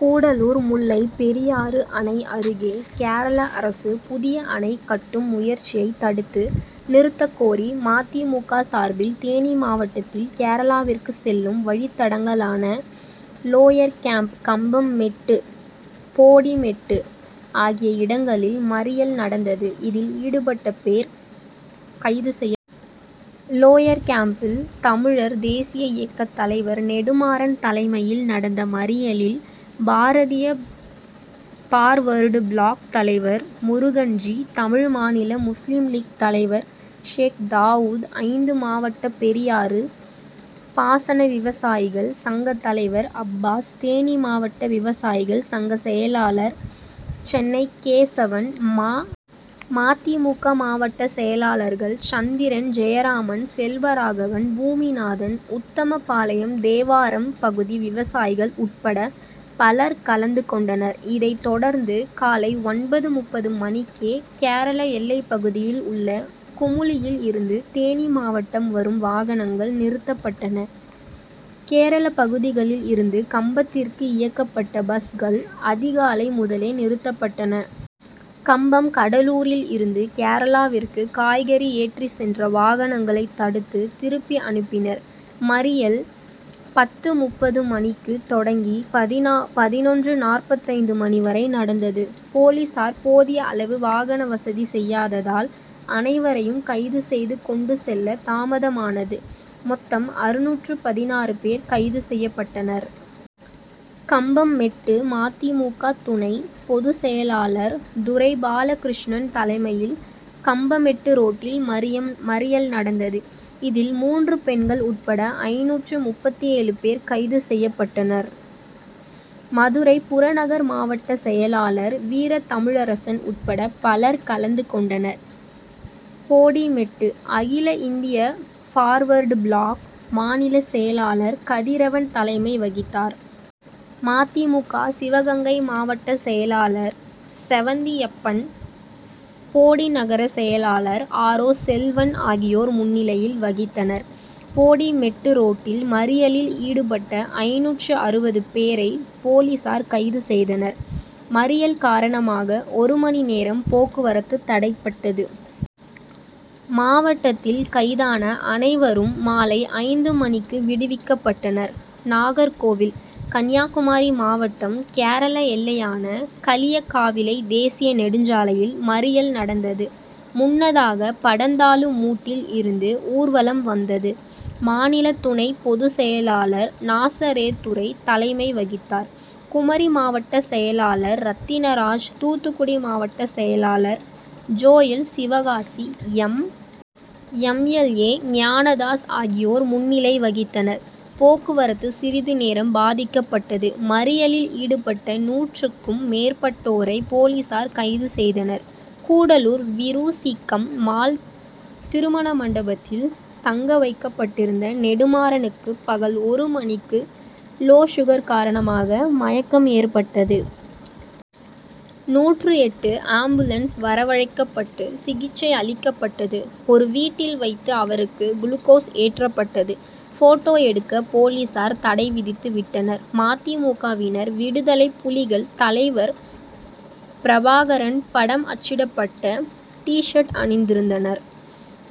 கூடலூர் முல்லை பெரியாறு அணை அருகே கேரள அரசு புதிய அணை கட்டும் முயற்சியை தடுத்து நிறுத்தக்கோரி ம. தி. மு. க., சார்பில் தேனி மாவட்டத்தில் கேரளாவிற்கு செல்லும் வழித்தடங்களான லோயர்கேம்ப், கம்பம் மெட்டு, போடி மெட்டு ஆகிய இடங்களில் மறியல் நடந்தது. இதில் ஈடுபட்ட பேர் கைது செய்யப்பட்டனர். லோயர்கேம்ப்பில் தமிழர் தேசிய இயக்க தலைவர் நெடுமாறன் தலைமையில் நடந்த மறியலில் பாரதிய பார்வர்டு பிளாக் தலைவர் முருகன்ஜி, தமிழ்மாநில முஸ்லிம் லீக் தலைவர் ஷேக்தாவூத், ஐந்து மாவட்ட பெரியாறு பாசன விவசாயிகள் சங்க தலைவர் அப்பாஸ், தேனி மாவட்ட விவசாயிகள் சங்க செயலாளர் சென்னை கேசவன், ம. ம.தி. மு. க., மாவட்ட செயலாளர்கள் சந்திரன், ஜெயராமன், செல்வராகவன், பூமிநாதன், உத்தமபாளையம், தேவாரம் பகுதி விவசாயிகள் உட்பட பலர் கலந்துகொண்டனர். இதை தொடர்ந்து காலை ஒன்பது.முப்பது மணிக்கே கேரள எல்லைப்பகுதியில் உள்ள குமுளியில் இருந்து தேனி மாவட்டம் வரும் வாகனங்கள் நிறுத்தப் பட்டன. கேரள பகுதிகளில் இருந்து கம்பத்திற்கு இயக்கப்பட்ட பஸ்கள் அதிகாலை முதலே நிறுத்தப்பட்டன. கம்பம், கடலூரில் இருந்து கேரளாவிற்கு காய்கறி ஏற்றிச் சென்ற வாகனங் களை தடுத்து திருப்பி அனுப்பினர். மறியல் பத்து.முப்பது மணிக்கு தொடங்கி பதினொன்று.நாற்பத்தைந்து மணி வரை நடந்தது. போலீசார் போதிய அளவு வாகன வசதி செய்யாததால், அனைவரையும் கைது செய்து கொண்டு செல்ல தாமதமானது. மொத்தம் அறுநூற்று பதினாறு பேர் கைது செய்யப்பட்டனர். கம்பம்மெட்டு: ம. தி. மு. க., துணை பொதுச்செயலாளர் துரை பாலகிருஷ்ணன் தலைமையில் கம்பமெட்டு ரோட்டில் மறியல் நடந்தது. இதில் மூன்று பெண்கள் உட்பட ஐந்நூற்று முப்பத்தேழு பேர் கைது செய்யப்பட்டனர். மதுரை புறநகர் மாவட்ட செயலாளர் வீரத்தமிழரசன் உட்பட பலர் கலந்துகொண்டனர். போடிமெட்டு: அகில இந்திய பார்வர்டு பிளாக் மாநில செயலாளர் கதிரவன் தலைமை வகித்தார். ம. தி. மு. க., சிவகங்கை மாவட்டசெயலாளர் செவந்தியப்பன், போடி நகர செயலாளர் ஆரோ செல்வன் ஆகியோர் முன்னிலையில் வகித்தனர். போடி மெட்டு ரோட்டில் மறியலில் ஈடுபட்ட ஐந்நூற்று அறுபது பேரை போலீசார் கைது செய்தனர். மறியல் காரணமாக ஒரு மணி நேரம் போக்குவரத்து தடைபட்டது. மாவட்டத்தில் கைதான அனைவரும் மாலை ஐந்து மணிக்கு விடுவிக்கப்பட்டனர். நாகர்கோவில்: கன்னியாகுமரி மாவட்டம் கேரள எல்லையான களியக்காவிளை தேசிய நெடுஞ்சாலையில் மறியல் நடந் தது. முன்னதாக, படந்தாலுமூட்டில் இருந்து ஊர்வலம் வந்தது. மாநில துணை பொது செயலாளர் நாசரேத்துரை தலைமை வகித்தார். குமரி மாவட்ட செயலாளர் ரத்தினராஜ், தூத்துக்குடி மாவட்ட செயலாளர் Joel, Sivakasi M. M L. A. Gnanadas ஆகியோர் முன்னிலை வகித்தனர். போக்குவரத்து சிறிது நேரம் பாதிக் கப்பட்டது. மறியலில் ஈடுபட்ட நூற்றுக்கும் மேற்பட்டோரை போலீசார்கைது செய்தனர். கூடலூர் வீருசிக்கம் மாள் திருமண மண்டபத்தில் தங்க வைக்கப்பட் டிருந்த நெடுமாறனுக்கு பகல் ஒரு மணிக்கு, லோ சுகர்' காரணமாக மயக்கம் ஏற்பட்டது. நூற்று எட்டு ஆம்புலன்ஸ் வரவழைக்கப்பட்டு சிகிச்சை அளிக்க பட்டது. ஒரு வீட்டில் வைத்து அவருக்கு குளுகோஸ் ஏற்றப்பட்டது. போட்டோ எடுக்க போலீசார் தடைவிதித்துவிட்டனர். ம. தி. மு. க.,வினர் விடுதலைப்புலிகள் தலைவர் பிரபாகரன் படம் அச்சிடப்பட்ட டி'சர்ட் அணிந்திருந்தனர்.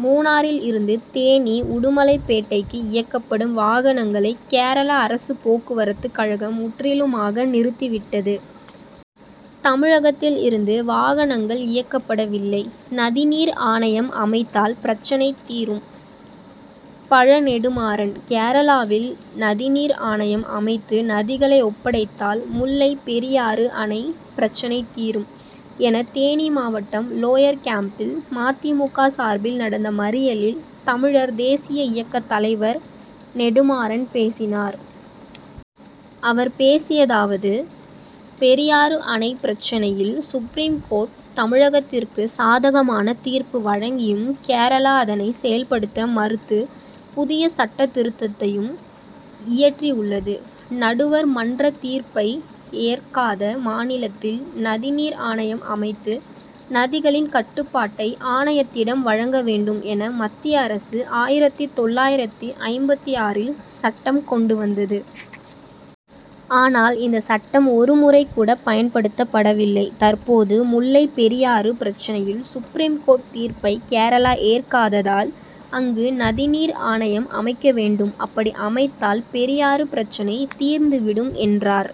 மூணாறிலிருந்து தேனி, உடுமலைப் பேட்டைக்கு இயக்கப்படும் வாகனங்களை கேரள அரசு போக்குவரத்து கழகம் முற்றிலுமாக நிறுத்திவிட்டது. தமிழகத் திலிருந்து வாகனங்கள் இயக்கப்படவில்லை. நதிநீர் ஆணையம் அமைத்தால் பிரச்னை தீரும்:பழ. நெடுமாறன்: கேரளாவில் நதிநீர் ஆணையம் அமைத்து நதிகளை ஒப்படைத்தால் முல்லை பெரியாறு அணை பிரச்னை தீரும்'', என தேனி மாவட்டம் லோயர்கேம்பில் ம. தி. மு. க., சார்பில் நடந்த மறியலில் தமிழர் தேசிய இயக்க தலைவர் நெடுமாறன் பேசினார். அவர் பேசியதாவது: பெரியாறு அணை பிரச்னையில் சுப்ரீம்கோர்ட் தமிழகத்திற்கு சாதகமான தீர்ப்பு வழங்கியும், கேரளா அதனை செயல்படுத்த மறுத்து புதிய சட்ட திருத்தத்தையும் இயற்றி உள்ளது. நடுவர் மன்ற தீர்ப்பை ஏற்காத மாநிலத்தில் நதிநீர் ஆணையம் அமைத்து நதிகளின் கட்டுப்பாட்டை ஆணையத்திடம் வழங்க வேண்டும் என மத்திய அரசு ஆயிரத்து தொள்ளாயிரத்து ஐம்பத்தாறு ல் சட்டம் கொண்டு வந்தது. ஆனால் இந்த சட்டம் ஒருமுறை கூட பயன்படுத்தப் படவில்லை. தற்போது முல்லைபெரியாறு பிரச்னையில் சுப்ரீம் கோர்ட் தீர்ப்பை கேரளா ஏற்காததால், அங்கு நதிநீர் ஆணையம் அமைக்க வேண்டும். அப்படி அமைத்தால் பெரியாறு பிரச்னை தீர்ந்து விடும் என்றார்.